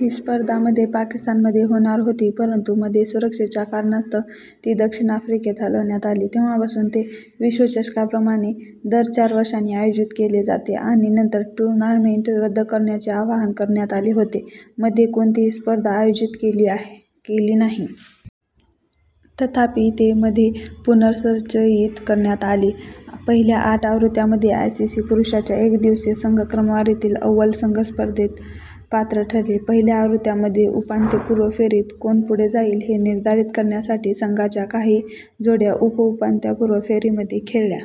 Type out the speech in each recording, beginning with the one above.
ही स्पर्धा मध्ये पाकिस्तानमध्ये होणार होती परंतु मध्ये सुरक्षेच्या कारणास्तव ती दक्षिण आफ्रिकेत हलवण्यात आली. तेव्हापासून ते विश्वचषकाप्रमाणे दर चार वर्षांनी आयोजित केले जाते. आणि नंतर टूर्नामेंट रद्द करण्याचे आवाहन करण्यात आले होते, मध्ये कोणतीही स्पर्धा आयोजित केली नाही. तथापि, ते मध्ये पुनर्संचयित करण्यात आले. पहिल्या आठ आवृत्त्यांमध्ये, आयसीसी पुरुषांच्या एकदिवसीय संघ क्रमवारीतील अव्वल संघ स्पर्धेत पात्र ठरले. पहिल्या आवृत्त्यांमध्ये, उपांत्यपूर्व फेरीत कोण पुढे जाईल हे निर्धारित करण्यासाठी संघांच्या काही जोड्या उप-उपांत्यपूर्व फेरीमध्ये खेळल्या.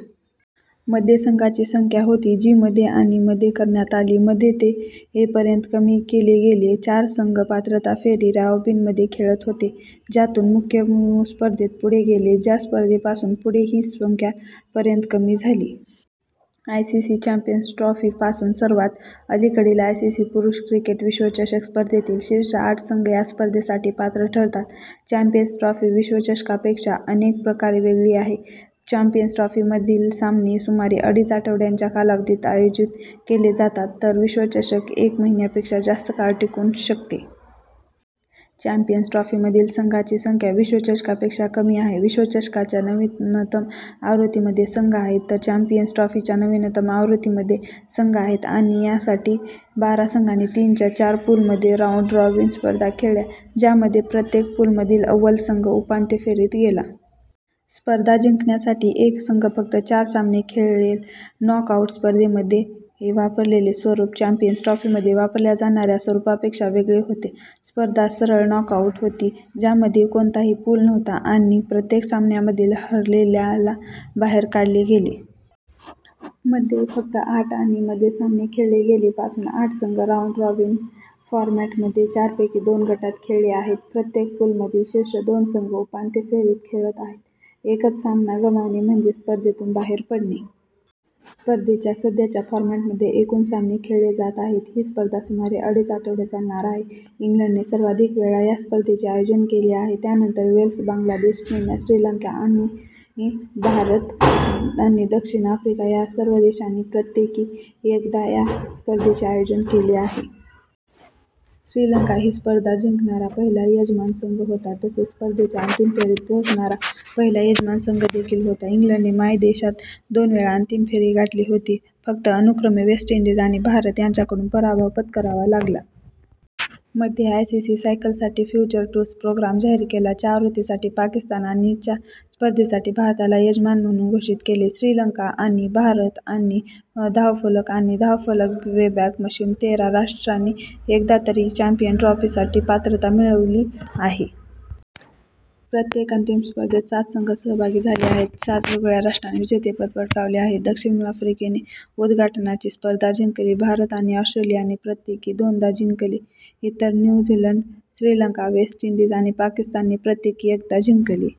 मध्ये संघांची संख्या होती, जी मध्ये आणि मध्ये करण्यात आली. मध्ये, ते पर्यंत कमी केले गेले, चार संघ पात्रता फेरी-रॉबिनमध्ये खेळत होते ज्यातून मुख्य स्पर्धेत पुढे गेले. च्या स्पर्धेपासून पुढे ही संख्या पर्यंत कमी झाली. आयसीसी चॅम्पियन्स ट्रॉफी पासून, सर्वात अलीकडील आयसीसी पुरुष क्रिकेट विश्वचषक स्पर्धेतील शीर्ष आठ संघ या स्पर्धेसाठी पात्र ठरतात. चॅम्पियन्स ट्रॉफी विश्वचषकापेक्षा अनेक प्रकारे वेगळी आहे. चॅम्पियन्स ट्रॉफीमधील सामने सुमारे अडीच आठवड्यांच्या कालावधीत आयोजित केले जातात, तर विश्वचषक एक महिन्यापेक्षा जास्त काळ टिकू शकतो. चॅम्पियन्स ट्रॉफीमधील संघांची संख्या विश्वचषकापेक्षा कमी आहे, विश्वचषकाच्या नवीनतम आवृत्तीमध्ये संघ आहेत तर चॅम्पियन्स ट्रॉफीच्या नवीनतम आवृत्तीमध्ये संघ आहेत. आणि साठी, बारा संघांनी तीनच्या चार पूलमध्ये राऊंड-रॉबिन स्पर्धा खेळला, ज्यामध्ये प्रत्येक पूलमधील अव्वल संघ उपांत्य फेरीत गेला. स्पर्धा जिंकण्यासाठी एक संघ फक्त चार सामने खेळेल. नॉक आउट स्पर्धांमध्ये वापरलेले स्वरूप चॅम्पियन्स ट्रॉफीमध्ये वापरल्या जाणाऱ्या स्वरूपापेक्षा वेगळे होते. स्पर्धा सरळ नॉकआउट होती, ज्यामध्ये कोणताही पूल नव्हता आणि प्रत्येक सामन्यामधील हरलेल्याला बाहेर काढले गेले. मध्ये फक्त आठ आणि मध्ये सामने खेळले गेले. पासून, आठ संघ राऊंड-रॉबिन फॉरमॅटमध्ये चारपैकी दोन गटात खेळले आहेत, प्रत्येक पूलमधील शीर्ष दोन संघ उपांत्य फेरीत खेळत आहेत. एकच सामना गमावणे म्हणजे स्पर्धेतून बाहेर पडणे. स्पर्धेच्या सध्याच्या फॉरमॅटमध्ये एकूण सामने खेळले जात आहेत, ही स्पर्धा सुमारे अडीच आठवडे चालणार आहे. इंग्लंडने सर्वाधिक वेळा या स्पर्धेचे आयोजन केले आहे त्यानंतर वेल्स. बांगलादेश, केन्या, श्रीलंका, भारत आणि दक्षिण आफ्रिका या सर्व देशांनी प्रत्येकी एकदा या स्पर्धेचे आयोजन केले आहे. श्रीलंका ही स्पर्धा जिंकणारा पहिला यजमान संघ होता, तसेच स्पर्धेच्या अंतिम फेरीत पोहोचणारा पहिला यजमान संघ देखील होता. इंग्लंडने मायदेशात दोन वेळा अंतिम फेरी गाठली होती, फक्त अनुक्रमे वेस्ट इंडीज आणि भारत यांच्याकडून पराभव पत्करावा लागला. मध्ये; आयसीसीने सायकलसाठी फ्युचर टूर्स प्रोग्राम जाहीर केला, च्या आवृत्तीसाठी पाकिस्तान आणि च्या स्पर्धेसाठी भारताला यजमान म्हणून घोषित केले. श्रीलंका / आणि / भारत / आणि / धावफलक आणि धावफलक वेबॅक मशीन. तेरा राष्ट्रांनी एकदा तरी चॅम्पियन्स ट्रॉफीसाठी पात्रता मिळवली आहे. प्रत्येक अंतिम स्पर्धेत सात संघ सहभागी झाले आहेत. सात वेगवेगळ्या राष्ट्रांनी विजेतेपद पटकावले आहे. दक्षिण आफ्रिकेने उद्घाटनाची स्पर्धा जिंकली, भारत आणि ऑस्ट्रेलियाने प्रत्येकी दोनदा जिंकले, तर new Zealand, Sri Lanka, West Indies आणि पाकिस्तानने प्रत्येकी एकदा जिंकले.